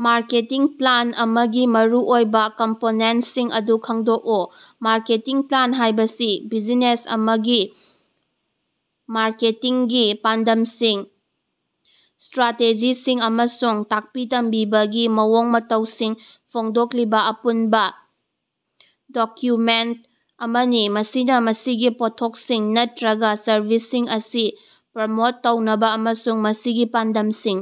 Marketing plan ꯑꯃꯒꯤ ꯃꯔꯨꯑꯣꯏꯕ ꯀꯝꯄꯣꯅꯦꯟꯠꯁꯤꯡ ꯑꯗꯨ ꯈꯪꯗꯣꯛꯎ꯫ ꯃꯥꯔꯀꯦꯇꯤꯡ ꯄ꯭ꯂꯥꯟ ꯍꯥꯏꯕꯁꯤ ꯕꯤꯖꯤꯅꯦꯁ ꯑꯃꯒꯤ ꯃꯥꯔꯀꯦꯇꯤꯡꯒꯤ ꯄꯥꯟꯗꯝꯁꯤꯡ, ꯁ꯭ꯠꯔꯥꯇꯦꯖꯤꯁꯤꯡ ꯑꯃꯁꯨꯡ ꯇꯥꯛꯄꯤ-ꯇꯝꯕꯤꯕꯒꯤ ꯃꯑꯣꯡ-ꯃꯇꯧꯁꯤꯡ ꯐꯣꯡꯗꯣꯛꯂꯤꯕ ꯑꯄꯨꯟꯕ ꯗꯣꯛꯌꯨꯃꯦꯟꯇ ꯑꯃꯅꯤ꯫ ꯃꯁꯤꯅꯥ ꯃꯁꯤꯒꯤ ꯄꯣꯠꯊꯣꯛꯁꯤꯡ ꯅꯠꯇ꯭ꯔꯒ ꯁꯔꯚꯤꯁꯁꯤꯡ ꯑꯁꯤ ꯄ꯭ꯔꯃꯣꯠ ꯇꯧꯅꯕ ꯑꯃꯁꯨꯡ ꯃꯁꯤꯒꯤ ꯄꯥꯟꯗꯝꯁꯤꯡ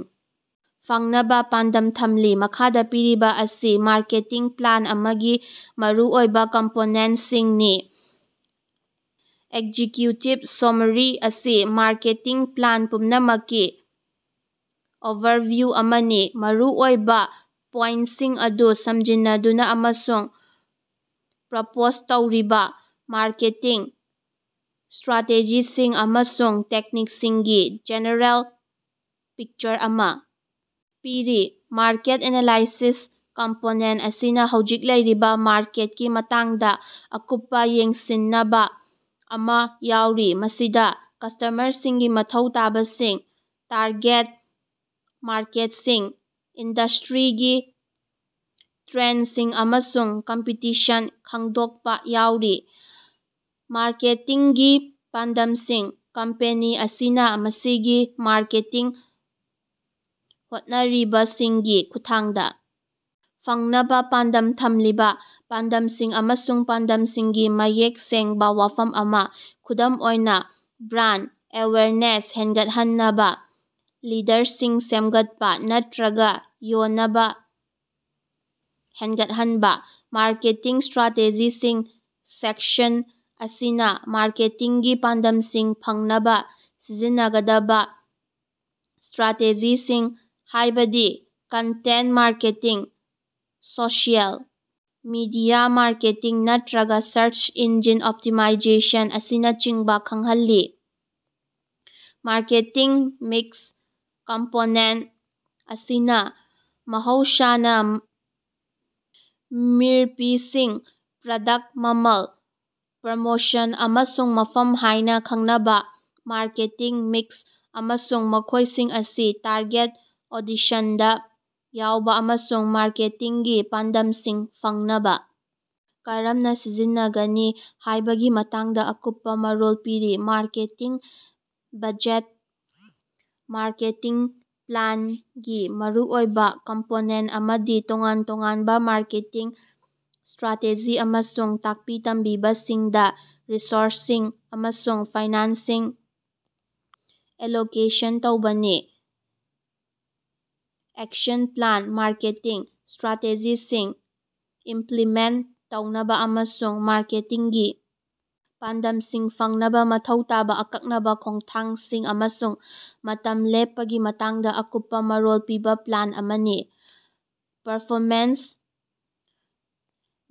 ꯐꯪꯅꯕ ꯄꯥꯟꯗꯝ ꯊꯝꯂꯤ꯫ ꯃꯈꯥꯗꯥ ꯄꯤꯔꯤꯕ ꯑꯁꯤ ꯃꯥꯔꯀꯦꯇꯤꯡ ꯄ꯭ꯂꯥꯟ ꯑꯃꯒꯤ ꯃꯔꯨꯑꯣꯏꯕ ꯀꯝꯄꯣꯅꯦꯟꯇꯁꯤꯡꯅꯤ ꯑꯦꯛꯖꯤꯛꯌꯨꯇꯤꯚ ꯁꯣꯃꯥꯔꯤ ꯃꯁꯤ ꯃꯥꯔꯀꯦꯇꯤꯡ ꯄ꯭ꯂꯥꯟ ꯄꯨꯝꯅꯃꯛꯀꯤ ꯑꯣꯚꯔꯚꯤꯌꯨ ꯑꯃꯅꯤ, ꯃꯔꯨꯑꯣꯏꯕ ꯄꯣꯏꯟꯇꯁꯤꯡ ꯑꯗꯨ ꯁꯝꯖꯤꯟꯅꯗꯨꯅ ꯑꯃꯁꯨꯡ ꯄ꯭ꯔꯄꯣꯖ ꯇꯧꯔꯤꯕ ꯃꯥꯔꯀꯦꯇꯤꯡ ꯁ꯭ꯠꯔꯥꯇꯦꯖꯤꯁꯤꯡ ꯑꯃꯁꯨꯡ ꯇꯦꯛꯅꯤꯛꯁꯤꯡꯒꯤ ꯖꯦꯅꯦꯔꯦꯜ ꯄꯤꯛꯆꯔ ꯑꯃꯥ ꯄꯤꯔꯤ꯫ ꯃꯥꯔꯀꯦꯠ ꯑꯦꯅꯥꯂꯥꯏꯁꯤꯁ ꯀꯝꯄꯣꯅꯦꯟꯇ ꯑꯁꯤꯅꯥ ꯍꯧꯖꯤꯛ ꯂꯩꯔꯤꯕ ꯃꯥꯔꯀꯦꯠꯀꯤ ꯃꯇꯥꯡꯗ ꯀꯨꯞꯅꯥ ꯌꯦꯡꯁꯤꯟꯅꯕ ꯑꯃꯥ ꯌꯥꯎꯔꯤ, ꯃꯁꯤꯗꯥ ꯀꯁ꯭ꯇꯃꯔꯁꯤꯡꯒꯤ ꯃꯊꯧ ꯇꯥꯕꯁꯤꯡ, ꯇꯥꯔꯒꯦꯠ ꯃꯥꯔꯀꯦꯠꯁꯤꯡ, ꯏꯟꯗꯁ꯭ꯠꯔꯤꯒꯤ ꯇ꯭ꯔꯦꯟꯗꯁꯤꯡ, ꯑꯃꯁꯨꯡ ꯀꯝꯄꯤꯇꯤꯁꯟ ꯈꯪꯗꯣꯛꯄꯥ ꯌꯥꯎꯔꯤ꯫ ꯃꯥꯔꯀꯦꯇꯤꯡꯒꯤ ꯄꯥꯟꯗꯝꯁꯤꯡ ꯀꯝꯄꯦꯅꯤ ꯑꯁꯤꯅꯥ ꯃꯁꯤꯒꯤ ꯃꯥꯔꯀꯦꯇꯤꯡ ꯍꯣꯠꯅꯔꯤꯕꯁꯤꯡꯒꯤ ꯈꯨꯠꯊꯥꯡꯗꯥ ꯐꯪꯅꯕꯥ ꯄꯥꯟꯗꯝ ꯊꯝꯂꯤꯕꯥ ꯄꯥꯟꯗꯝꯁꯤꯡ ꯑꯃꯁꯨꯡ ꯄꯥꯟꯗꯝꯁꯤꯡꯒꯤ ꯃꯌꯦꯛ ꯁꯦꯡꯕꯥ ꯋꯥꯐꯝ ꯑꯃꯥ, ꯈꯨꯗꯝ ꯑꯣꯏꯅꯥ ꯕ꯭ꯔꯥꯟꯗ ꯑꯦꯋꯦꯌꯔꯅꯦꯁ ꯍꯦꯟꯒꯠꯍꯅꯕꯥ, ꯂꯤꯗꯔꯁꯤꯡ ꯁꯦꯝꯒꯠꯄꯥ, ꯅꯠꯇ꯭ꯔꯒꯥ ꯌꯣꯟꯅꯕꯥ ꯍꯦꯟꯒꯠꯍꯟꯕꯥ꯫ ꯃꯥꯔꯀꯦꯇꯤꯡ ꯁ꯭ꯠꯔꯥꯇꯦꯖꯤꯁꯤꯡ ꯁꯦꯛꯁꯟ ꯑꯁꯤꯅꯥ ꯃꯥꯔꯀꯦꯇꯤꯡꯒꯤ ꯄꯥꯟꯗꯝꯁꯤꯡ ꯐꯪꯅꯕ ꯁꯤꯖꯤꯟꯅꯒꯗꯕꯥ ꯁ꯭ꯠꯔꯥꯇꯦꯖꯤꯁꯤꯡ, ꯍꯥꯏꯕꯗꯤ content marketing, social media marketing, ꯅꯠꯇ꯭ꯔꯒꯥ ꯁꯔꯆ ꯏꯟꯖꯤꯟ ꯑꯣꯞꯇꯤꯃꯥꯏꯖꯦꯁꯟ ꯑꯁꯤꯅꯆꯤꯡꯕꯥ ꯈꯪꯍꯜꯂꯤ꯫ ꯃꯥꯔꯀꯦꯇꯤꯡ ꯃꯤꯛꯁ ꯀꯝꯄꯣꯅꯦꯟꯇ ꯑꯁꯤꯅꯥ ꯃꯍꯧꯁꯥꯅꯥ ꯃꯔꯤꯄꯤꯁꯤꯡ ꯄ꯭ꯔꯗꯛꯇ, ꯃꯃꯜ, ꯄ꯭ꯔꯃꯣꯁꯟ, ꯑꯃꯁꯨꯡ ꯃꯐꯝ ꯍꯥꯏꯅꯥ ꯈꯪꯅꯕꯥ ꯃꯥꯔꯀꯦꯇꯤꯡ ꯃꯤꯛꯁ ꯑꯃꯁꯨꯡ ꯃꯈꯣꯏꯁꯤꯡ ꯑꯁꯤ ꯇꯥꯔꯒꯦꯠ ꯑꯣꯗꯤꯁꯟꯗꯥ ꯌꯧꯕ ꯑꯃꯁꯨꯡ ꯃꯥꯔꯀꯦꯇꯤꯡꯒꯤ ꯄꯥꯟꯗꯃꯁꯤꯡ ꯐꯪꯅꯕ ꯀꯔꯝꯅ ꯁꯤꯖꯤꯟꯅꯒꯅꯤ ꯍꯥꯏꯕꯒꯤ ꯃꯇꯥꯡꯗꯥ ꯑꯀꯨꯞꯄꯥ ꯃꯔꯣꯜ ꯄꯤꯔꯤ꯫ ꯃꯥꯔꯀꯦꯇꯤꯡ ꯕꯖꯦꯠ ꯃꯥꯔꯀꯦꯇꯤꯡ ꯄ꯭ꯂꯥꯅꯒꯤ ꯃꯔꯨꯑꯣꯏꯕ ꯀꯝꯄꯣꯅꯦꯟꯇ ꯑꯃꯗꯤ ꯇꯣꯉꯥꯟ ꯇꯣꯉꯥꯟꯕ ꯃꯥꯔꯀꯦꯇꯤꯡ ꯁ꯭ꯠꯔꯥꯇꯦꯖꯤ ꯑꯃꯁꯨꯡ ꯇꯥꯛꯄꯤ-ꯇꯝꯕꯤꯕꯁꯤꯡꯗꯥ ꯔꯤꯁꯣꯔꯁꯁꯤꯡ ꯑꯃꯁꯨꯡ ꯐꯥꯏꯅꯥꯟꯁꯁꯤꯡ ꯑꯦꯂꯣꯀꯦꯁꯟ ꯇꯧꯕꯅꯤ꯫ ꯑꯦꯛꯁꯟ ꯄ꯭ꯂꯥꯟ ꯃꯥꯔꯀꯦꯇꯤꯡ ꯁ꯭ꯠꯔꯥꯇꯦꯖꯤꯁꯤꯡ ꯏꯝꯞꯂꯤꯃꯦꯟꯇ ꯇꯧꯅꯕ ꯑꯃꯁꯨꯡ ꯃꯥꯔꯀꯦꯇꯤꯡꯒꯤ ꯄꯥꯟꯗꯝꯁꯤꯡ ꯐꯪꯅꯕ ꯃꯊꯧ ꯇꯥꯕ ꯑꯀꯛꯅꯕ ꯈꯣꯡꯊꯥꯡꯁꯤꯡ ꯑꯃꯁꯨꯡ ꯃꯇꯝ ꯂꯦꯞꯄꯒꯤ ꯃꯇꯥꯡꯗ ꯑꯀꯨꯞꯄꯥ ꯃꯔꯣꯜ ꯄꯤꯕ ꯄ꯭ꯂꯥꯟ ꯑꯃꯅꯤ꯫ ꯄꯔꯐꯣꯃꯦꯟꯁ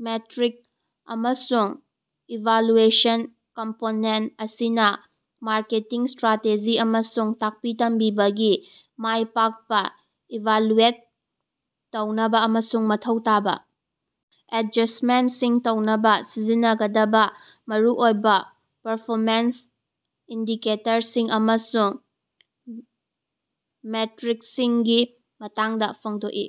ꯃꯦꯠꯔꯤꯛ ꯑꯃꯁꯨꯡ ꯏꯚꯥꯂꯨꯑꯦꯁꯟ ꯀꯝꯄꯣꯅꯦꯟꯇ ꯑꯁꯤꯅꯥ ꯃꯥꯔꯀꯦꯇꯤꯡ ꯁ꯭ꯠꯔꯥꯇꯦꯖꯤ ꯑꯃꯁꯨꯡ ꯇꯥꯛꯄꯤ ꯇꯝꯕꯤꯕꯒꯤ ꯃꯥꯏ ꯄꯥꯛꯄꯥ ꯏꯚꯥꯂꯨꯑꯦꯠ ꯇꯧꯅꯕ, ꯑꯃꯁꯨꯡ ꯃꯊꯧ ꯇꯥꯕ ꯑꯦꯗꯖꯁ꯭ꯇꯃꯦꯟꯠꯁꯤꯡ ꯇꯧꯅꯕ ꯁꯤꯖꯤꯟꯅꯒꯗꯕ ꯃꯔꯨꯑꯣꯏꯕ ꯄꯔꯐꯣꯃꯦꯟꯁ ꯏꯟꯗꯤꯀꯦꯇꯔꯁꯤꯡ ꯑꯃꯁꯨꯡ ꯃꯦꯠꯔꯤꯛꯁꯤꯡꯒꯤ ꯃꯇꯥꯡꯗ ꯐꯣꯡꯗꯣꯛꯂꯤ꯫